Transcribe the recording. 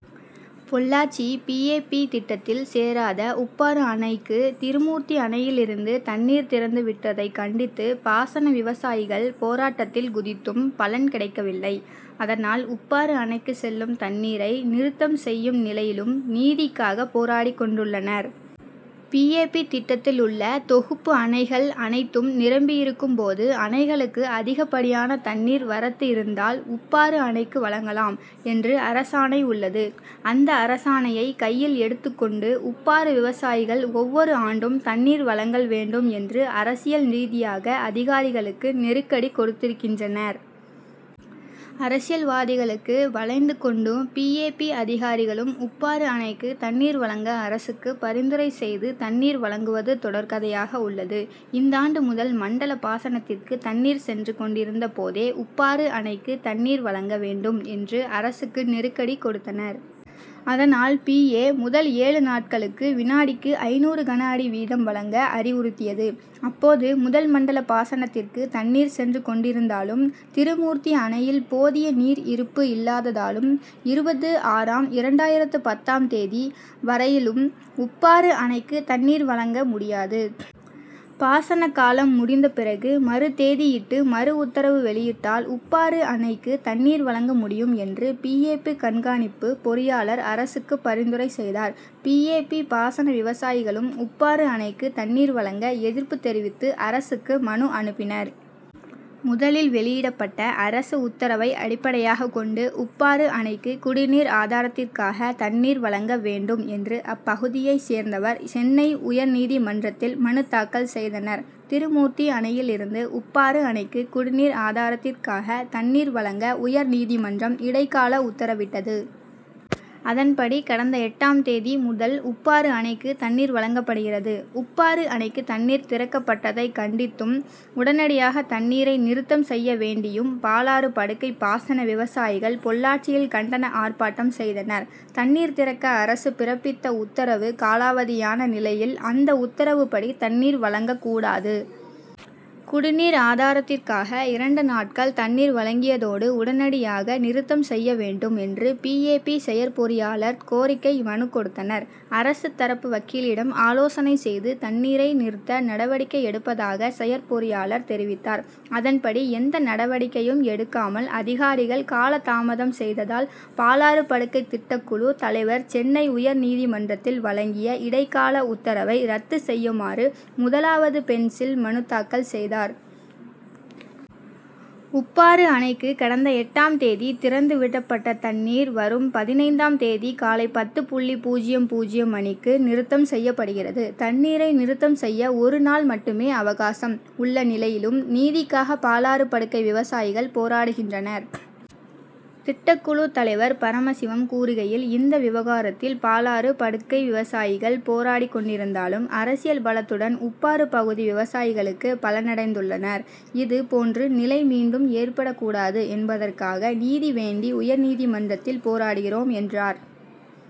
Pollachi P. A. P., திட்டத்தில் சேராத உப்பாறு அணைக்கு திருமூர்த்தி அணையில் இருந்து தண்ணீர் திறந்து விட்டதை கண்டித்து பாசன விவசாயிகள் போராட்டத்தில் குதித்தும் பலன் கிடைக்கவில்லை. அதனால், உப்பாறு அணைக்கு செல்லும் தண்ணீரை நிறுத்தம் செய்யும் நிலையிலும் நீதிக்காக போராடிக்கொண்டுள்ளனர். பி. ஏ. பி., திட்டத்திலுள்ள தொகுப்பு அணைகள் அனைத்தும் நிரம்பியிருக்கும் போது, அணைகளுக்கு அதிகப்படியான தண்ணீர் வரத்து இருந்தால் உப்பாறு அணைக்கு வழங்கலாம் என்று அரசாணை உள்ளது. அந்த அரசாணையை கையில் எடுத்துக்கொண்டு உப்பாறு விவசாயிகள் ஒவ்வொரு ஆண்டும் தண்ணீர் வழங்கள் வேண்டும் என்று அரசியல் ரீதியாக அதிகாரிகளுக்கு நெருக்கடி கொடுக்கின்றனர். அரசியல்வாதிகளுக்கு வளைந்து கொண்டும் பி. ஏ. பி., அதிகாரிகளும் உப்பாறு அணைக்கு தண்ணீர் வழங்க அரசுக்கு பரிந்துரை செய்து, தண்ணீர் வழங்குவது தொடர்கதையாக உள்ளது. இந்தாண்டு முதல் மண்டல பாசனத்திற்கு தண்ணீர் சென்று கொண்டிருந்த போதே உப்பாறு அணைக்கு தண்ணீர் வழங்க வேண்டும் என்று அரசுக்கு நெருக்கடி கொடுத்தனர். அதனால், பி. ஏ. முதல் ஏழு நாட்களுக்கு விநாடிக்கு ஐந்நூறு கனஅடி வீதம் வழங்க அறிவுறுத்தியது. அப்போது, முதல் மண்டல பாசனத் திற்கு தண்ணீர் சென்று கொண்டிருந்ததாலும், திருமூர்த்தி அணையில் போதிய நீர் இருப்பு இல்லாததாலும் இருபதாம் ஆறாம் இரண்டாயிரத்து பத்தாம் தேதி வரையிலும் உப்பாறு அணைக்கு தண்ணீர் வழங்க முடியாது. பாசன காலம் முடிந்த பிறகு மறுதேதியிட்டு மறுஉத்தரவு வெளியிட்டால் உப்பாறு அணைக்கு தண்ணீர் வழங்க முடியும் என்று பி. ஏ. பி., கண்காணிப்பு பொறியாளர் அரசுக்கு பரிந்துரை செய்தார். பி. ஏ. பி., பாசன விவசாயிகளும் உப்பாறு அணைக்கு தண்ணீர் வழங்க எதிர்ப்பு தெரிவித்து அரசுக்கு மனு அனுப்பினர். முதலில் வெளியிடப்பட்ட அரசு உத்தரவை அடிப்படையாக கொண்டு, உப்பாறு அணைக்கு குடிநீர் ஆதாரத் திற்காக தண்ணீர் வழங்க வேண்டும் என்று அப்பகுதியை சேர்ந்தவர் சென்னை உயர்நீதிமன்றத்தில் மனு தாக்கல் செய்தனர். திருமூர்த்தி அணையில் இருந்து உப்பாறு அணைக்கு குடிநீர் ஆதாரத்திற்காக தண்ணீர் வழங்க உயர்நீதிமன்றம் இடைக்கால உத்தரவிட்டது. அதன்படி, கடந்த எட்டாம் தேதி முதல் உப்பாறு அணைக்கு தண்ணீர் வழங்கப்படுகிறது. உப்பாறு அணைக்கு தண்ணீர் திறக்கப் பட்டதை கண்டித்தும், உடனடியாக தண்ணீரை நிறுத்தம் செய்ய வேண்டியும் பாலாறு படுகை பாசன விவசாயிகள் பொள்ளாச்சியில் கண்டன ஆர்ப்பாட்டம் செய்தனர். தண்ணீர் திறக்க அரசு பிறப்பித்த உத்தரவு காலாவதியான நிலையில் அந்த உத்தரவுப்படி தண்ணீர் வழங்க கூடாது. குடிநீர் ஆதாரத்திற்காக இரண்டு நாட்கள் தண்ணீர் வழங்கியதோடு உடனடியாக நிறுத்தம் செய்ய வேண்டும் என்று பி. ஏ. பி., செயற்பொறியாளர் கோரிக்கை மனு கொடுத்தனர். அரசு தரப்பு வக்கீலிடம் ஆலோசனை செய்து தண்ணீரை நிறுத்த நடவடிக்கை எடுப்பதாக செயற்பொறியாளர் தெரிவித்தார். அதன்படி, எந்த நடவடிக்கையும் எடுக்காமல் அதிகாரிகள் காலதாமதம் செய்ததால், பாலாறு படுகை திட்டக்குழு தலைவர் சென்னை உயர்நீதிமன்றத்தில் வழங்கிய இடைக்கால உத்தரவை ரத்து செய்யுமாறு முதலாவது பெஞ்சில் மனுத்தாக்கல் செய்தார். உப்பாறு அணைக்கு கடந்த எட்டாம் தேதி திறந்து விடப்பட்ட தண்ணீர் வரும் பதினைந்தாம் தேதி காலை பத்து புள்ளி பூஜ்ஜியம் பூஜ்ஜியம் மணிக்கு நிறுத்தம் செய்யப்படுகிறது. தண்ணீரை நிறுத்தம் செய்ய ஒரு நாள் மட்டுமே அவகாசம் உள்ள நிலையிலும், நீதிக்காக பாலாறு படுகை விவசாயிகள் போராடுகின்றனர். திட்டக்குழு தலைவர் பரமசிவம் கூறுகையில், இந்த விவகாரத்தில் பாலாறு படுகை விவசாயிகள் போராடிக்கொண்டிருந்தாலும், அரசியல் பலத்துடன் உப்பாறு பகுதி விவசாயிகளுக்கு பலனடைந்துள்ளனர். இது போன்று நிலை மீண்டும் ஏற்படக்கூடாது என்பதற்காக நீதி வேண்டிய உயர்நீதிமன்றத்தில் போராடுகிறோம் என்றார்.